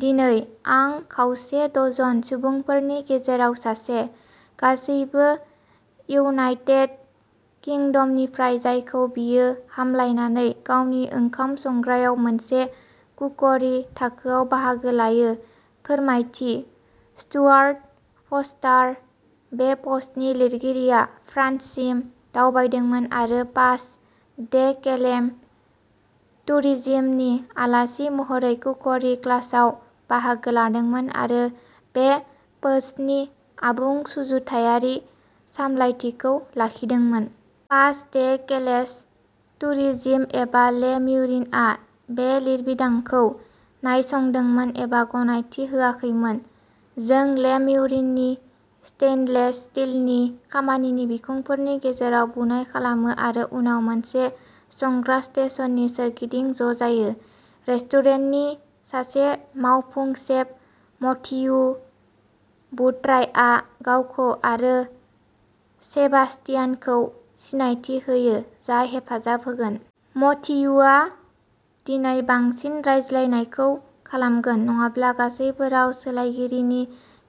दिनै आं खावसे डजन सुबुंफोरनि गेजेराव सासे, गासैबो इउनाइटेड किंडमनिफ्राय, जायखौ बियो हामलायनानै गावनि ओंखाम संग्रायाव मोनसे कुकरी थाखोआव बाहागो लायो। फोरमायथिः स्टुआर्ट फ'र्स्टार, बे पस्टनि लिरगिरिया, फ्रान्ससिम दावबायदोंमोन आरो पास डे केलेस टुरिजिमनि आलासि महरै कुकरी क्लासआव बाहागो लादोंमोन आरो बे पोस्टनि आबुं सुजुथायारि सामलायथिखौ लाखिदोंमोन। पास डे केलेस टुरिजिम एबा ले म्युरिनआ बे लिरबिदांखौ नायसंदोंमोन एबा गनायथि होआखैमोन। जों ले म्युरिननि स्टेइनलेस स्टीलनि खामानिनि बिखंफोरनि गेजेराव बुनाय खालामो आरो उनाव मोनसे संग्रा स्टेशननि सोरगिदिं ज'जायो। रेस्टुरेन्टनि सासे मावफुं सेफ मथियु बुट्रायआ गावखौ आरो सेबास्तियानखौ सिनायथि होयो, जाय हेफाजाब होगोन। मथियुआ दिनै बांसिन रायज्लायनायखौ खालामगोन, नङाब्ला गासैबो राव सोलायगिरिनि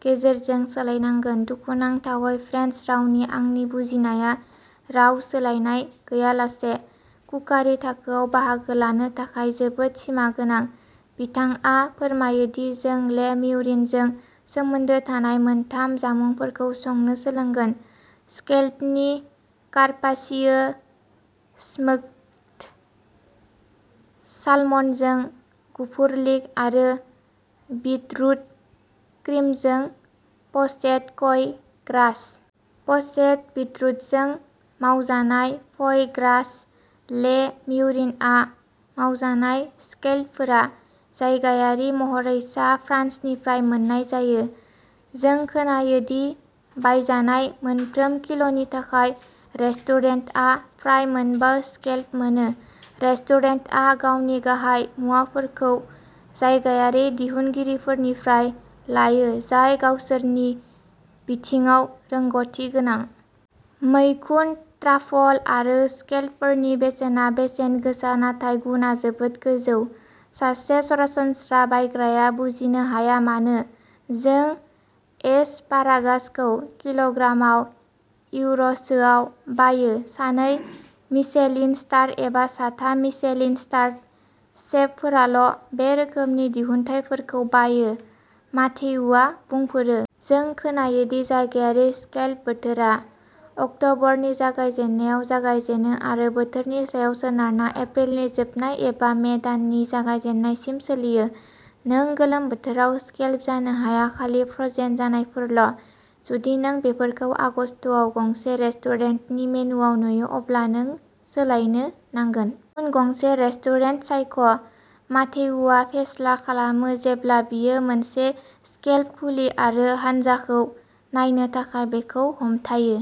गेजेरजों सोलायनांगोन। दुखुनांथावै, फ्रेन्स रावनि आंनि बुजिनायआ राव सोलायनाय गैयालासे कुकारि थाखोआव बाहागो लानो थाखाय जोबोद सिमागोनां। बिथाङा फोरमायो दि जों ले म्युरिनजों सोमोन्दो थानाय मोनथाम जामुंफोरखौ संनो सोलोंगोनः स्कैलपनि कार्पाचियो, स्मोक्ड सालमनजों गुफुर लिक आरो बिटरुट क्रिमजों प'चेद फ'ई ग्रास। प'चेद बिटरुटजों मावजानाय फ'ई ग्रास। ले म्युरिनआव मावजानाय स्कैलपफोरा जायगायारि महरै, सा फ्रान्सनिफ्राय मोन्नाय जायो। जों खोनायो दि बायजानाय मोनफ्रोम किल'नि थाखाय रेस्टुरेन्टआ फ्राय मोनबा स्कैलप मोनो। रेस्टुरेन्टआ गावनि गाहाय मुवाफोरखौ जायगायारि दिहुनगिरिफोरनिफ्राय लायो, जाय गावसोरनि बिथिङाव रोंग'थि गोनां। "मैखुन, ट्राफल आरो स्कैलपफोरनि बेसेना बेसेन गोसा नाथाय गुनआ जोबोद गोजौ। सासे सरासनस्रा बायग्राया बुजिनो हाया मानो जों एसपारागासखौ किल'ग्रामाव इउर'सोआव बायो। सानै मिशेलिन-स्टार एबा साथाम मिशेलिन-स्टारड सेफफोराल'बे रोखोमनि दिहुनथायफोरखौ बायो", माथेयुआ बुंफोरो। जों खोनायो दि जायगायारि स्कैलप बोथोरा। अक्ट'बरनि जागायजेन्नायाव जागायजेनो आरो बोथोरनि सायाव सोनारना एप्रिलनि जोबनाय एबा मे दाननि जागायजेन्नायसिम सोलियो। "नों गोलोम बोथोराव स्कैलप जानो हाया-खालि फ्र'जेन जानायफोरल'। जुदि नों बेफोरखौ आगस्तआव गंसे रेस्टुरेन्टनि मेनुवाव नुयो, अब्ला नों सोलायनो नांगोन! गुबुन गंसे रेस्टुरेन्ट सायख'", माथेयुआ फेस्ला खालामो जेब्ला बियो मोनसे स्कैलप खुलि आरो हानजाखौ नायनो थाखाय बेखौ हमथायो।